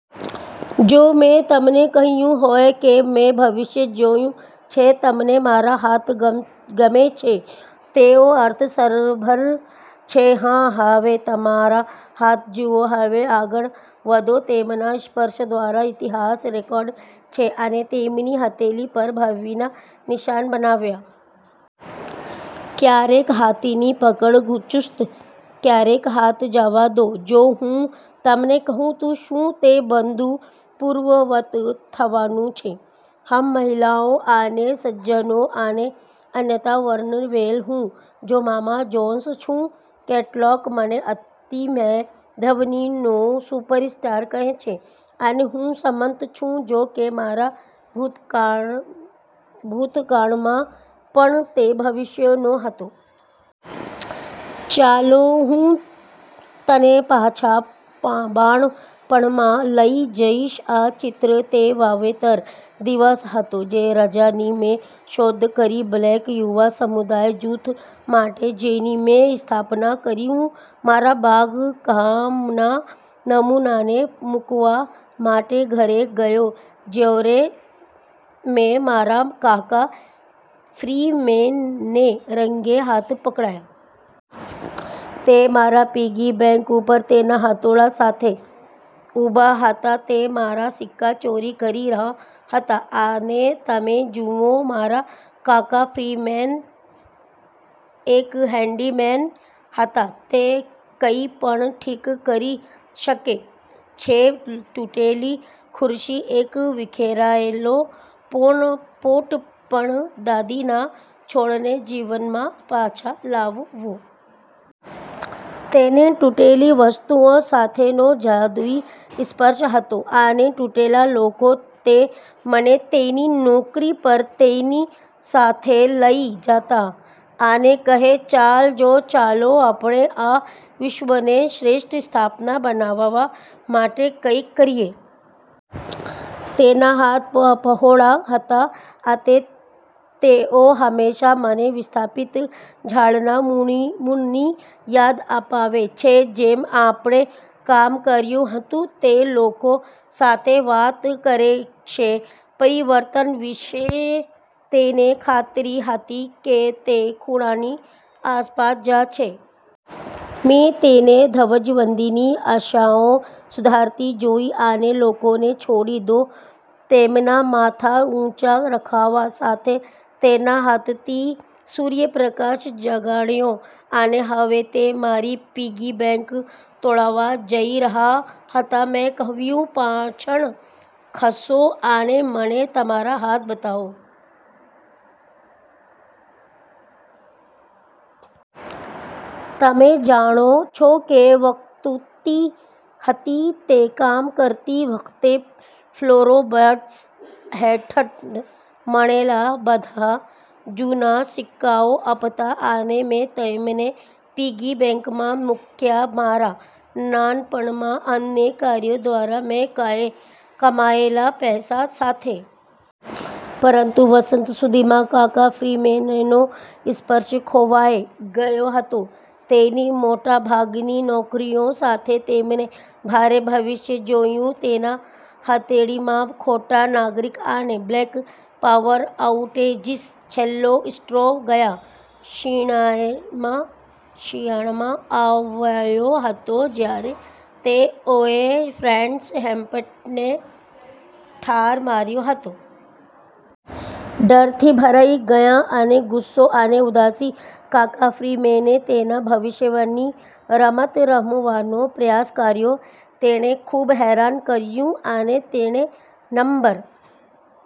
જો મેં તમને કહ્યું હોય કે મેં ભવિષ્ય જોયું છે? તમને મારા હાથ ગમે છે? તેઓ અર્થસભર છે, હા? હવે તમારા હાથ જુઓ હવે આગળ વધો. તેમના સ્પર્શ દ્વારા ઇતિહાસ રેકોર્ડ છે અને તેમની હથેળી પર ભાવિના નિશાન બનાવ્યાં. ક્યારેક હાથની પકડ ચુસ્ત, ક્યારેક હાથ જવા દો. જો હું તમને કહું તો શું તે બધું પૂર્વવત્ થવાનું છે? હમ્. મહિલાઓ અને સજ્જનો અને અન્યથા વર્ણવેલ, હું જોમામા જોન્સ છું. કેટલાક મને આત્મિય ધ્વનિનો સુપરસ્ટાર કહે છે, અને હું સંમત છું, જોકે મારા ભૂતકાળમાં પણ તે ભવિષ્યનો હતો. ચાલો હું તને પાછા બાળપણમાં લઈ જઈશ. આ ચિત્ર: તે વાવેતર દિવસ હતો, જે રજા ની મેં શોધ કરી બ્લેક યુવા સમુદાય જૂથ માટે જેની મેં સ્થાપના કરી. હું મારા બાગકામના નમૂનાને મૂકવા માટે ઘરે ગયો જ્યારે મેં મારા કાકા ફ્રીમેનને રંગે હાથ પકડ્યા. તે મારા પિગી બેંક ઉપર તેના હથોડા સાથે ઉભા હતા. તે મારા સિક્કા ચોરી કરી રહ્યા હતા. અને તમે જુઓ, મારા કાકા ફ્રીમેન એક હેન્ડીમેન હતા. તે કંઈપણ ઠીક કરી શકે છે તૂટેલી ખુરશી, એક વિખેરાયેલો પોટ પણ દાદીના છોડને જીવનમાં પાછા લાવવો. તેને તૂટેલી વસ્તુઓ સાથેનો જાદુઈ સ્પર્શ હતો... અને તૂટેલા લોકો. તે મને તેની નોકરી પર તેની સાથે લઈ જતા અને કહે, ચાલ જો, ચાલો આપણે આ વિશ્વને શ્રેષ્ઠ સ્થાન બનાવવા માટે કંઈક કરીએ. " તેના હાથ પહોળા હતા, અને તેઓ હંમેશાં મને વિસ્થાપિત ઝાડના મૂળની યાદ અપાવે છે. જેમ આપણે કામ કર્યું હતું તે લોકો સાથે વાત કરશે પરિવર્તન વિશે તેને ખાતરી હતી કે તે ખૂણાની આસપાસ જ છે. મેં તેને ધ્વજવંદીની આશાઓ સુધારતી જોઇ અને લોકોને છોડી દો તેમના માથા ઊંચા રાખવા સાથે. તેના હાથથી સૂર્યપ્રકાશ જગાડ્યો. અને હવે તે મારી પિગી બેંક તોડવા જઇ રહ્યા હતા. મેં કહ્યું, "પાછળ ખસો, અને મને તમારા હાથ બતાવો. " તમે જાણો છો કે વક્રોક્તિ હતી તે કામ કરતી વખતે ફ્લોરબોર્ડ્સ હેઠળ મળેલા બધા જૂના સિક્કાઓ આપતા અને મેં તેમને પિગી બેંકમાં મૂક્યા મારા નાનપણમાં અન્ય કર્યો દ્વારા મેં કમાયેલા પૈસા સાથે. પરંતુ વસંત સુધીમાં કાકા ફ્રીમેનનો સ્પર્શ ખોવાઈ ગયો હતો... તેની મોટાભાગની નોકરીઓ સાથે. તેમને ભારે ભવિષ્ય જોયું તેના હથેળીમાં ખોટા નાગરિક અને બ્લેક પાવર આઉટેજિસ. છેલ્લો સ્ટ્રો ગયા શિયાળામાં આવ્યો હતો જ્યારે તેઓએ ફ્રેડ હેમ્પટનને ઠાર માર્યો હતો. ડરથી ભરાઈ ગયાં અને ગુસ્સો અને ઉદાસી, કાકા ફ્રીમેને તેના ભવિષ્યની રમત રમવાનો પ્રયાસ કર્યો. તેણે ખૂબ હેરાન કર્યું, અને તેણે નંબર